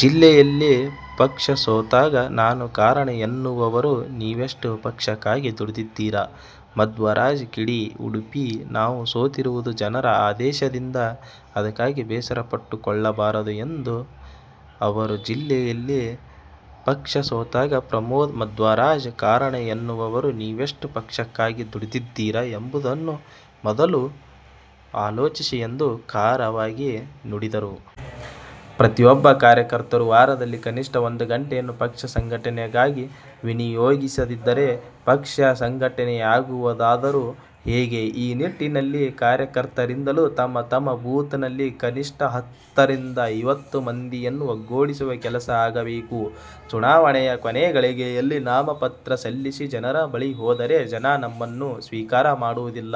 ಜಿಲ್ಲೆಯಲ್ಲಿ ಪಕ್ಷ ಸೋತಾಗ ನಾನು ಕಾರಣ ಎನ್ನುವವರು ನೀವೆಷ್ಟು ಪಕ್ಷಕ್ಕಾಗಿ ದುಡಿದಿದ್ದೀರಾ? ಮಧ್ವರಾಜ್ ಕಿಡಿ ಉಡುಪಿ: ನಾವು ಸೋತಿರುವುದು ಜನರ ಆದೇಶದಿಂದ ಅದಕ್ಕಾಗಿ ಬೇಸರ ಪಟ್ಟುಕೊಳ್ಳುಬಾರದು ಎಂದ ಅವರು, ಜಿಲ್ಲೆಯಲ್ಲಿ ಪಕ್ಷ ಸೋತಾಗ ಪ್ರಮೋದ್ ಮಧ್ವರಾಜ್ ಕಾರಣ ಎನ್ನುವವರು ನೀವೆಷ್ಟು ಪಕ್ಷಕ್ಕಾಗಿ ದುಡಿದಿದ್ದೀರಾ ಎಂಬುದನ್ನು ಮೊದಲು ಆಲೋಚಿಸಿ ಎಂದು ಖಾರವಾಗಿ ನುಡಿದರು. ಪ್ರತಿಯೊಬ್ಬ ಕಾರ್ಯಕರ್ತರು ವಾರದಲ್ಲಿ ಕನಿಷ್ಟ ಒಂದು ಗಂಟೆಯನ್ನು ಪಕ್ಷ ಸಂಘಟನೆಗಾಗಿ ವಿನಿಯೋಗಿಸದಿದ್ದರೆ ಪಕ್ಷ ಸಂಘಟನೆಯಾಗುವುದಾದರೂ ಹೇಗೆ. ಈ ನಿಟ್ಟಿನಲ್ಲಿ ಕಾರ್ಯಕರ್ತರಿಂದಲೂ ತಮ್ಮ ತಮ್ಮ ಬೂತ್ ನಲ್ಲಿ ಕನಿಷ್ಟ ಹತ್ತರಿಂದ ಐವತ್ತು ಮಂದಿಯನ್ನು ಒಗ್ಗೂಡಿಸುವ ಕೆಲಸ ಆಗಬೇಕು. ಚುನಾವಣೆಯ ಕೊನೇ ಗಳಿಗೆಯಲ್ಲಿ ನಾಮ ಪತ್ರ ಸಲ್ಲಿಸಿ ಜನರ ಬಳಿ ಹೋದರೆ ಜನ ನಮ್ಮನ್ನು ಸ್ವೀಕಾರ ಮಾಡುವುದಿಲ್ಲ.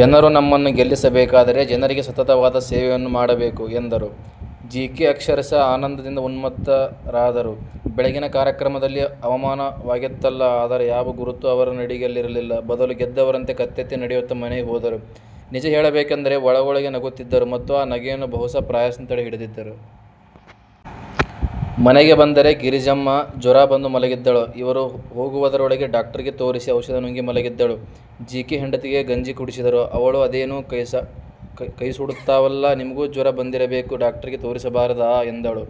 ಜನರು ನಮ್ಮನ್ನು ಗೆಲ್ಲಿಸಬೇಕಾದರೆ ಜನರಿಗೆ ಸತತವಾದ ಸೇವೆಯನ್ನು ಮಾಡಬೇಕು ಎಂದರು. ಜೀಕೆ ಅಕ್ಷರಶಃ ಆನಂದಿಂದ ಉನ್ಮತ್ತರಾದರು. ಬೆಳಗಿನ ಕಾರ್ಯಕ್ರಮದಲ್ಲಿ ಅವಮಾನವಾಗಿತ್ತಲ್ಲ ಅದರ ಯಾವ ಗುರುತೂ ಅವರ ನಡಿಗೆಯಲ್ಲಿರಲಿಲ್ಲ. ಬದುಲು ಗೆದ್ದವರಂತೆ ಕತ್ತೆತ್ತಿ ನಡೆಯುತ್ತ ಮನೆಗೆ ಹೋದರು. ನಿಜ ಹೇಳಬೇಕೆಂದರೆ ಒಳಗೊಳಗೇ ನಗುತ್ತಿದ್ದರು. ಮತ್ತು ಆ ನಗೆಯನ್ನು ಬಹು ಪ್ರಯಾಸದಿಂದ ತಡೆ ಹಿಡಿದಿದ್ದರು. ಮನೆಗೆ ಬಂದರೆ ಗಿರಿಜಮ್ಮ ಜ್ವರ ಬಂದು ಮಲಗಿದ್ದಳು. ಇವರು ಹೋಗುವುದರೊಳಗೆ ಡಾಕ್ಟರ್ಗೆ ತೋರಿಸಿ ಔಷಧಿ ನುಂಗಿ ಮಲಗಿದ್ದಳು. ಜೀಕೆ ಹೆಂಡತಿಗೆ ಗಂಜಿ ಕುಡಿಸಿದರು. ಅವಳು 'ಅದೇನು ಕೈಸುಡುತ್ತಾವಲ್ಲ, ನಿಮಗೂ ಜ್ವರ ಬಂದಿರಬೇಕು. ಡಾಕ್ಟರಿಗೆ ತೋರಿಸಬಾರದ? ' ಎಂದಳು.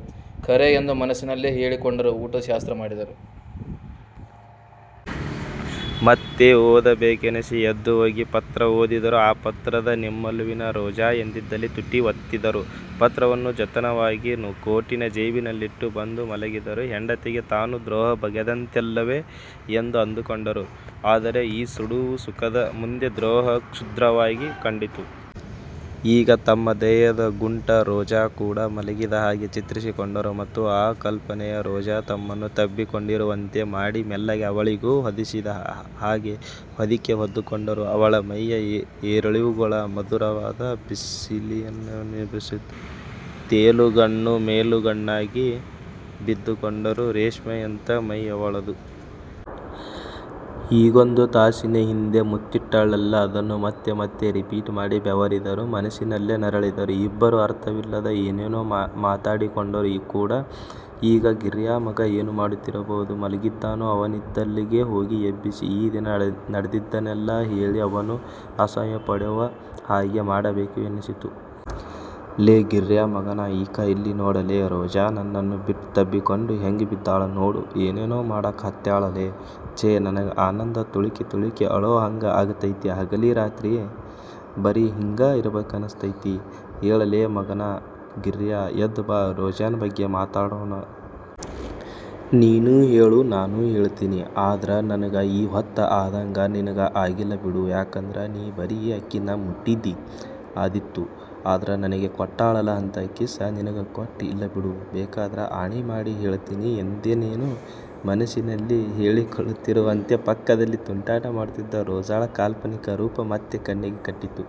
'ಖರೆ' ಎಂದು ಮನಸ್ಸಿನಲ್ಲೆ ಹೇಳಿಕೊಂಡರು. ಊಟದ ಶಾಸ್ತ್ರ ಮಾಡಿದರು. ಮತ್ತೆ ಓದಬೇಕೆನಿಸಿ ಎದ್ದು ಹೋಗಿ ಪತ್ರ ಓದಿದರು. ಆ ಪತ್ರದ 'ನಿಮ್ಮೊಲವಿನ ರೋಜಾ' ಎಂದಿದ್ದಲ್ಲಿ ತುಟಿ ಒತ್ತಿದರು. ಪತ್ರವನ್ನು ಜತನವಾಗಿ ಕೋಟಿನ ಜೇಬಿನಲ್ಲಿಟ್ಟು ಬಂದು ಮಲಗಿದರು. ಹೆಂಡತಿಗೆ ತಾನು ದ್ರೋಹ ಬಗೆದಂತಲ್ಲವೇ ಎಂದು ಅಂದುಕೊಂಡರು. ಆದರೆ ಈ ಸುಡುವ ಸುಖದ ಮುಂದೆ ದ್ರೋಹ ಕ್ಷುದ್ರವಾಗಿ ಕಂಡಿತು. ಈಗ ತಮ್ಮ ದೇಹದ ಗುಂಟ ರೋಜಾ ಕೂಡ ಮಲಗಿದ ಹಾಗೆ ಚಿತ್ರಿಸಿಕೊಂಡರು. ಮತ್ತು ಆ ಕಲ್ಪನೆಯ ರೋಜಾ ತಮ್ಮನ್ನು ತಬ್ಬಿಕೊಂಡಿರುವಂತೆ ಮಾಡಿ ಮೆಲ್ಲಗೆ ಅವಳಿಗೂ ಹೊದಿಸಿದ ಹಾಗೆ ಹೊದಿಕೆ ಹೊದ್ದುಕೊಂಡರು. ಅವಳ ಮೈಯ ಏರಿಳಿವುಗಳ ಮಧುರವಾದ ಬಿಸಿಯನ್ನನುಭವಿಸುತ್ತ ತೇಲುಗಣ್ಣು ಮೇಲುಗಣ್ಣಾಗಿ ಬಿದ್ದುಕೊಂಡರು. ರೇಷ್ಮೆಯಂಥ ಮೈ ಅವಳದು. ಈಗೊಂದು ತಾಸಿನ ಹಿಂದೆ ಮುತ್ತಿಟ್ಟಳಲ್ಲ ಅದನ್ನು ಮತ್ತೆ ಮತ್ತೆ ರಿಪೀಟ್ ಮಾಡಿ ಬೆವರಿದರು. ಮನಸ್ಸಿನಲ್ಲೇ ನರಳಿದರು. ಇಬ್ಬರೂ ಅರ್ಥವಿಲ್ಲದ ಏನೇನೋ ಮಾತಾಡಿಕೊಂಡರು ಕೂಡ. ಈಗ ಗಿರ್ಯಾ ಮಗ ಏನು ಮಾಡುತ್ತಿರಬಹುದು? ಮಲಗಿದ್ದಾನೋ ಅವನಿದ್ದಲ್ಲಿಗೆ ಹೋಗಿ ಎಬ್ಬಿಸಿ, ಈ ದಿನ ನಡೆದದ್ದನ್ನೆಲ್ಲ ಹೇಳಿ ಅವನು ಅಸೂಯೆಪಡುವ ಹಾಗೆ ಮಾಡಬೇಕು ಎನ್ನಿಸಿತು. 'ಲೇ ಗಿರ್ಯಾ ಮಗನ, ಇಕಾ ಇಲ್ಲಿ ನೋಡಲೆ; ರೋಜಾ ನನ್ನನ್ನು ತಬ್ಬಿಕೊಂಡು ಹೆಂಗ ಬಿದ್ದಾಳ ನೋಡು. ಏನೇನೋ ಮಾಡಕ ಹತ್ಯಾಳಲೇ! ಛೇ, ನನಗ ಆನಂದ ತುಳುಕಿ ತುಳುಕಿ ಅಳೋ ಹಾಂಗ ಆಗತೈತಿ, ಹಗಲಿ ರಾತ್ರಿ ಬರಿ ಹಿಂಗ ಇರಬೇಕನಸತೈತಿ. ಏಳಲೇಮಗನ ಗಿರ್ಯಾ, ಎದ್ದ ಬಾ, ರೋಜಾನ ಬಗ್ಗೆ ಮಾತಾಡೋಣ. ನೀನೂ ಹೇಳು ನಾನೂ ಹೇಳತೀನಿ. ಆದರ ನನಗ ಈ ಹೊತ್ತ ಅಧಾಂಗ ನಿನಗ ಆಗಿಲ್ಲಬಿಡು. ಯಾಕಂದರ ನೀ ಬರೀ ಆಕೀನ್ನ ಮುಟ್ಟಿದ್ದೀ ಆದೀತು, ಆದರ ನನಗೆ ಕೊಟ್ಟಳಲ್ಲ ಅಂಥ ಕಿಸ್ ನಿನಗ ಕೊಟ್ಟ ಇಲ್ಲ ಬಿಡು. ಬೇಕಾದರ ಆಣೀ ಮಾಡಿ ಹೇಳತೀನಿ. ' ಎಂದೇನೇನೋ ಮನಸ್ಸಿನಲ್ಲಿ ಹೇಳಿಕೊಳ್ಳುತ್ತಿರುವಂತೆ ಪಕ್ಕದಲ್ಲಿ ತುಂಟಾಟ ಮಾಡುತ್ತಿದ್ದ ರೋಜಾಳ ಕಾಲ್ಪನಿಕ ರೂಪ ಮತ್ತೆ ಕಣ್ಣಿಗೆ ಕಟ್ಟಿತು.